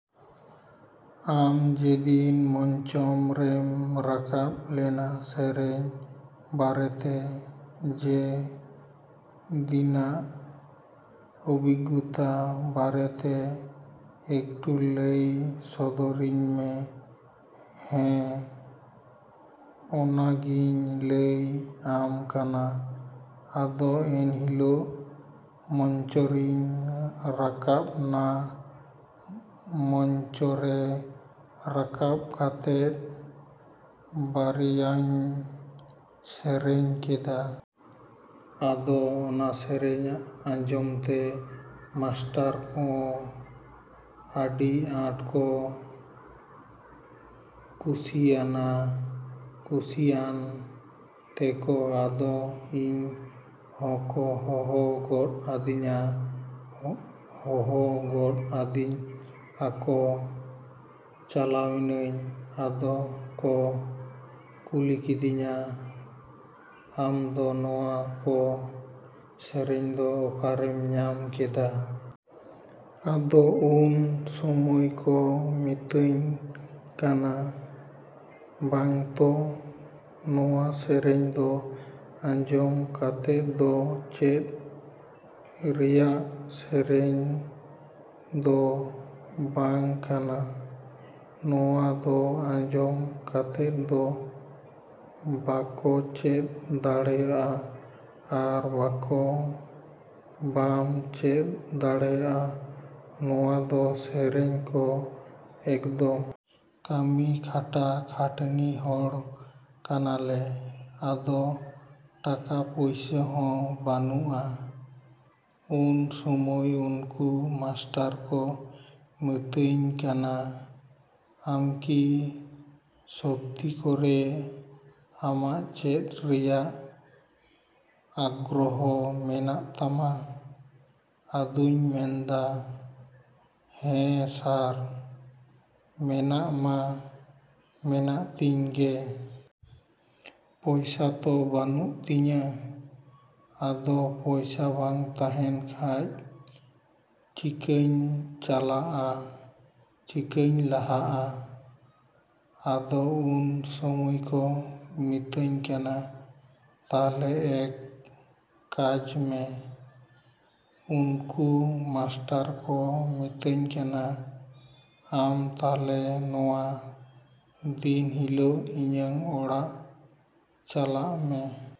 ᱟᱢ ᱡᱮᱫᱤᱱ ᱢᱚᱧᱪᱚ ᱨᱮᱢ ᱨᱟᱠᱟᱵ ᱞᱮᱱᱟ ᱥᱮᱨᱮᱧ ᱵᱟᱨᱮᱛᱮ, ᱥᱮ ᱫᱤᱱᱟᱜ ᱚᱵᱷᱤᱜᱚᱛᱟ ᱵᱟᱨᱮᱛᱮ ᱮᱠᱴᱩ ᱞᱟᱹᱭ ᱥᱚᱫᱚᱨ ᱤᱧ ᱢᱮ᱾ ᱦᱮᱸ, ᱚᱱᱟᱜᱤᱧ ᱞᱟᱹᱭ ᱟᱢ ᱠᱟᱱᱟ᱾ ᱟᱫᱚ ᱮᱱᱦᱤᱞᱳᱜ ᱢᱚᱧᱪᱚᱨᱮᱧ ᱨᱟᱠᱟᱵᱱᱟ᱾ ᱢᱚᱧᱪᱚ ᱨᱮ ᱨᱟᱠᱟᱵᱽ ᱠᱟᱛᱮᱜ ᱵᱟᱨᱭᱟᱧ ᱥᱮᱨᱮᱧ ᱠᱮᱫᱟ᱾ ᱟᱫᱚ ᱚᱱᱟ ᱥᱮᱨᱮᱧ ᱟᱸᱡᱚᱢᱛᱮ ᱢᱟᱥᱴᱟᱨᱦᱚᱸ ᱟᱹᱰᱤ ᱟᱸᱴ ᱠᱚ ᱠᱩᱥᱤᱭᱮᱱᱟ᱾ ᱠᱩᱥᱤᱭᱟᱱ ᱛᱮᱠᱚ ᱟᱫᱚ ᱤᱧ ᱦᱚᱸᱠᱚ ᱦᱚᱦᱚ ᱜᱚᱫ ᱟᱹᱫᱤᱧᱟ᱾ ᱦᱚᱦᱚ ᱜᱚᱫ ᱟᱹᱫᱤᱧ ᱟᱠᱚ, ᱪᱟᱞᱟᱣᱱᱟᱧ᱾ ᱟᱫᱚ ᱠᱚ ᱠᱩᱞᱤᱭᱮᱫᱤᱧᱟ, “ᱟᱢ ᱫᱚ ᱱᱚᱣᱟ ᱠᱚ ᱥᱮᱨᱮᱧ ᱫᱚ ᱚᱠᱟᱨᱮᱢ ᱧᱟᱢ ᱠᱮᱫᱟ”? ᱟᱫᱚ ᱩᱱ ᱥᱚᱢᱚᱭ ᱠᱚ ᱢᱮᱛᱤᱧ ᱠᱟᱱᱟ, “ᱵᱟᱝᱛᱚ, ᱱᱚᱣᱟ ᱥᱮᱨᱮᱧ ᱫᱚ ᱟᱸᱡᱚᱢ ᱠᱟᱛᱮᱜ ᱫᱚ ᱪᱮᱫ ᱨᱮᱭᱟᱜ ᱥᱮᱨᱮᱧ ᱫᱚ ᱵᱟᱝ ᱠᱟᱱᱟ᱾ ᱱᱚᱣᱟ ᱫᱚ ᱟᱸᱡᱚᱢ ᱠᱟᱛᱮᱜ ᱫᱚ ᱵᱟᱠᱚ ᱪᱮᱫ ᱫᱟᱲᱮᱭᱟᱜᱼᱟ ᱟᱨ ᱵᱟᱠᱚ ᱵᱟᱢ ᱪᱮᱫ ᱫᱟᱲᱮᱭᱟᱜᱼᱟ ᱱᱚᱣᱟ ᱠᱚ ᱥᱮᱨᱮᱧ ᱫᱚ ᱮᱠᱫᱚᱢ᱾ ᱠᱟᱹᱢᱤ ᱠᱷᱟᱴᱟ ᱠᱷᱟᱴᱱᱤ ᱦᱚᱲ ᱠᱟᱱᱟᱞᱮ᱾ ᱟᱫᱚ ᱴᱟᱠᱟ ᱯᱚᱭᱥᱟ ᱦᱚᱸ ᱵᱟᱹᱱᱩᱜ-ᱟ”᱾ ᱩᱱ ᱥᱚᱢᱚᱭ ᱩᱱᱠᱩ ᱢᱟᱥᱴᱟᱨ ᱠᱚ ᱢᱤᱛᱟᱹᱧ ᱠᱟᱱᱟ, “ᱟᱢᱠᱤ ᱥᱚᱛᱛᱤ ᱠᱚᱨᱮ ᱟᱢᱟᱜ ᱪᱮᱫ ᱨᱮᱭᱟᱜ ᱟᱜᱽᱨᱚᱦᱚᱸ ᱢᱮᱱᱟᱜ ᱛᱟᱢᱟ”? ᱟᱫᱚᱧ ᱢᱮᱱᱫᱟ, “ᱦᱮᱸ ᱥᱟᱨ, ᱢᱮᱱᱟᱜ ᱢᱟ ᱢᱮᱱᱟᱜ ᱛᱤᱧ ᱜᱮ᱾ ᱯᱚᱭᱥᱟ ᱛᱚ ᱵᱟᱹᱱᱩᱜ ᱛᱤᱧᱟ”᱾ ᱟᱫᱚ, “ᱯᱚᱭᱥᱟ ᱵᱟᱝ ᱛᱟᱸᱦᱮᱱ ᱠᱷᱟᱡ ᱪᱤᱠᱟᱧ ᱪᱟᱞᱟᱜ-ᱟ? ᱪᱤᱠᱟᱹᱧ ᱞᱟᱦᱟᱜ-ᱟ”? ᱟᱫᱚ ᱩᱱ ᱥᱚᱢᱚᱭ ᱠᱚ ᱢᱤᱛᱟᱹᱧ ᱠᱟᱱᱟ, “ᱛᱟᱦᱞᱮ ᱮᱠ ᱠᱟᱡᱢᱮ”, ᱩᱱᱠᱩ ᱢᱟᱥᱴᱟᱨ ᱠᱚ ᱢᱮᱛᱟᱹᱧ ᱠᱟᱱᱟ, “ᱟᱢ ᱛᱟᱦᱞᱮ ᱱᱚᱣᱟ ᱫᱤᱱ ᱦᱤᱞᱳᱜ ᱤᱧᱟᱹᱜ ᱚᱲᱟᱜ ᱪᱟᱞᱟᱜ ᱢᱮ”᱾